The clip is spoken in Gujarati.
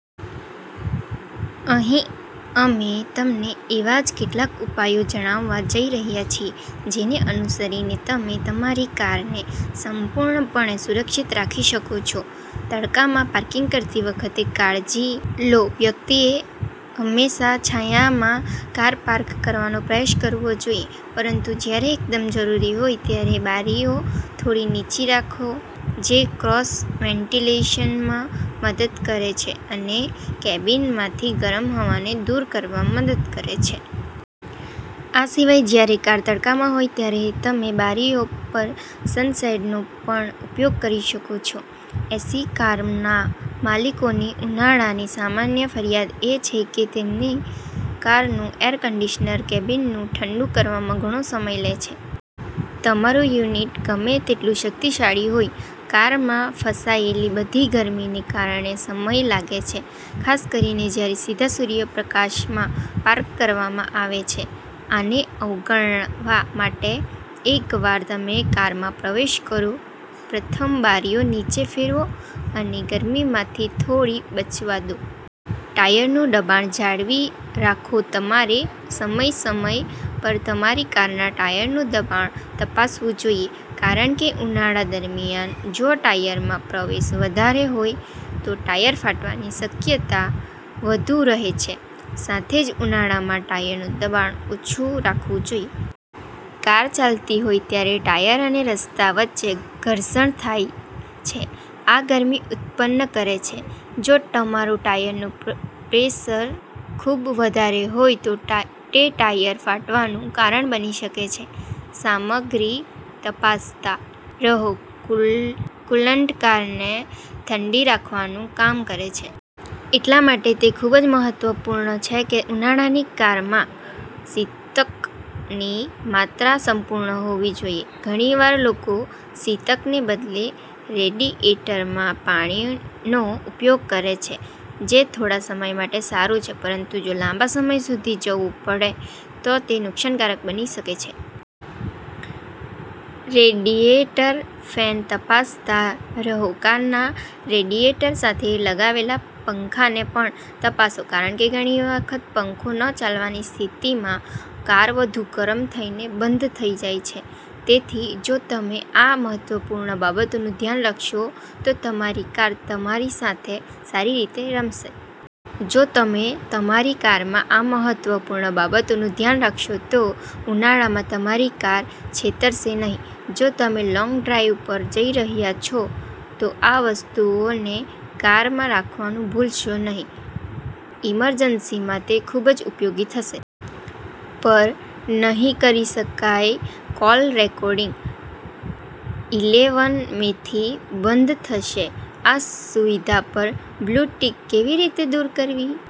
અહીં અમે તમને એવા જ કેટલાક ઉપાયો જણાવવા જઈ રહ્યા છીએ, જેને અનુસરીને તમે તમારી કારને સંપૂર્ણપણે સુરક્ષિત રાખી શકો છો. તડકામાં પાર્કિંગ કરતી વખતે કાળજી લોવ્યક્તિએ હંમેશા છાયામાં કાર પાર્ક કરવાનો પ્રયાસ કરવો જોઈએ, પરંતુ જ્યારે એકદમ જરૂરી હોય, ત્યારે બારીઓ થોડી નીચી રાખો, જે ક્રોસ-વેન્ટિલેશનમાં મદદ કરે છે અને કેબિનમાંથી ગરમ હવાને દૂર કરવામાં મદદ કરે છે. આ સિવાય જ્યારે કાર તડકામાં હોય ત્યારે તમે બારીઓ પર સન શેડનો પણ ઉપયોગ કરી શકો છો. એસીકારના માલિકોની ઉનાળાની સામાન્ય ફરિયાદ એ છે કે તેમની કારનું એર કંડિશનર કેબિનને ઠંડુ કરવામાં ઘણો સમય લે છે. તમારું યુનિટ ગમે તેટલું શક્તિશાળી હોય, કારમાં ફસાયેલી બધી ગરમીને કારણે સમય લાગે છે, ખાસ કરીને જ્યારે સીધા સૂર્યપ્રકાશમાં પાર્ક કરવામાં આવે છે. આને અવગણવા માટે, એકવાર તમે કારમાં પ્રવેશ કરો, પ્રથમ બારીઓ નીચે ફેરવો અને ગરમીમાંથી થોડી બચવા દો. ટાયરનું દબાણ જાળવી રાખોતમારે સમય સમય પર તમારી કારના ટાયરનું દબાણ તપાસવું જોઈએ. કારણ કે ઉનાળા દરમિયાન જો ટાયરમાં પ્રેશર વધારે હોય તો ટાયર ફાટવાની શક્યતા વધુ રહે છે. સાથે જ ઉનાળામાં ટાયરનું દબાણ ઓછું રાખવું જોઈએ. કાર ચાલતી હોય ત્યારે ટાયર અને રસ્તા વચ્ચે ઘર્ષણ થાય છે. આ ગરમી ઉત્પન્ન કરે છે. જો તમારું ટાયરનું પ્રેશર ખૂબ વધારે હોય તો તે ટાયર ફાટવાનું કારણ બની શકે છે. સામગ્રી તપાસતા રહોકૂલન્ટ કારને ઠંડી રાખવાનું કામ કરે છે. એટલા માટે તે ખૂબ જ મહત્વપૂર્ણ છે કે ઉનાળાની કારમાં શીતકની માત્રા સંપૂર્ણ હોવી જોઈએ. ઘણીવાર લોકો શીતકને બદલે રેડિએટરમાં પાણીનો ઉપયોગ કરે છે, જે થોડા સમય માટે સારું છે, પરંતુ જો લાંબા સમય સુધી જવું પડે તો તે નુકસાનકારક બની શકે છે. રેડિયેટર ફેન તપાસતા રહોકારના રેડિએટર સાથે લગાવેલા પંખાને પણ તપાસો. કારણ કે ઘણી વખત પંખો ન ચાલવાની સ્થિતિમાં કાર વધુ ગરમ થઈને બંધ થઈ જાય છે. તેથી જો તમે આ મહત્વપૂર્ણ બાબતોનું ધ્યાન રાખશો તો તમારી કાર તમારી સાથે સારી રીતે રમશે. જો તમે તમારી કારમાં આ મહત્વપૂર્ણ બાબતોનું ધ્યાન રાખશો તો ઉનાળામાં તમારી કાર છેતરશે નહીં. જો તમે લોંગ ડ્રાઈવ પર જઈ રહ્યા છો તો આ વસ્તુઓને કારમાં રાખવાનું ભૂલશો નહીં, ઈમરજન્સીમાં તે ખૂબ જ ઉપયોગી થશે. પર નહીં કરી શકાય કોલ રેકોર્ડિંગ, ઇલેવન મેથી બંધ થશે આ સુવિધા પર બ્લુ ટિક કેવી રીતે દૂર કરવી?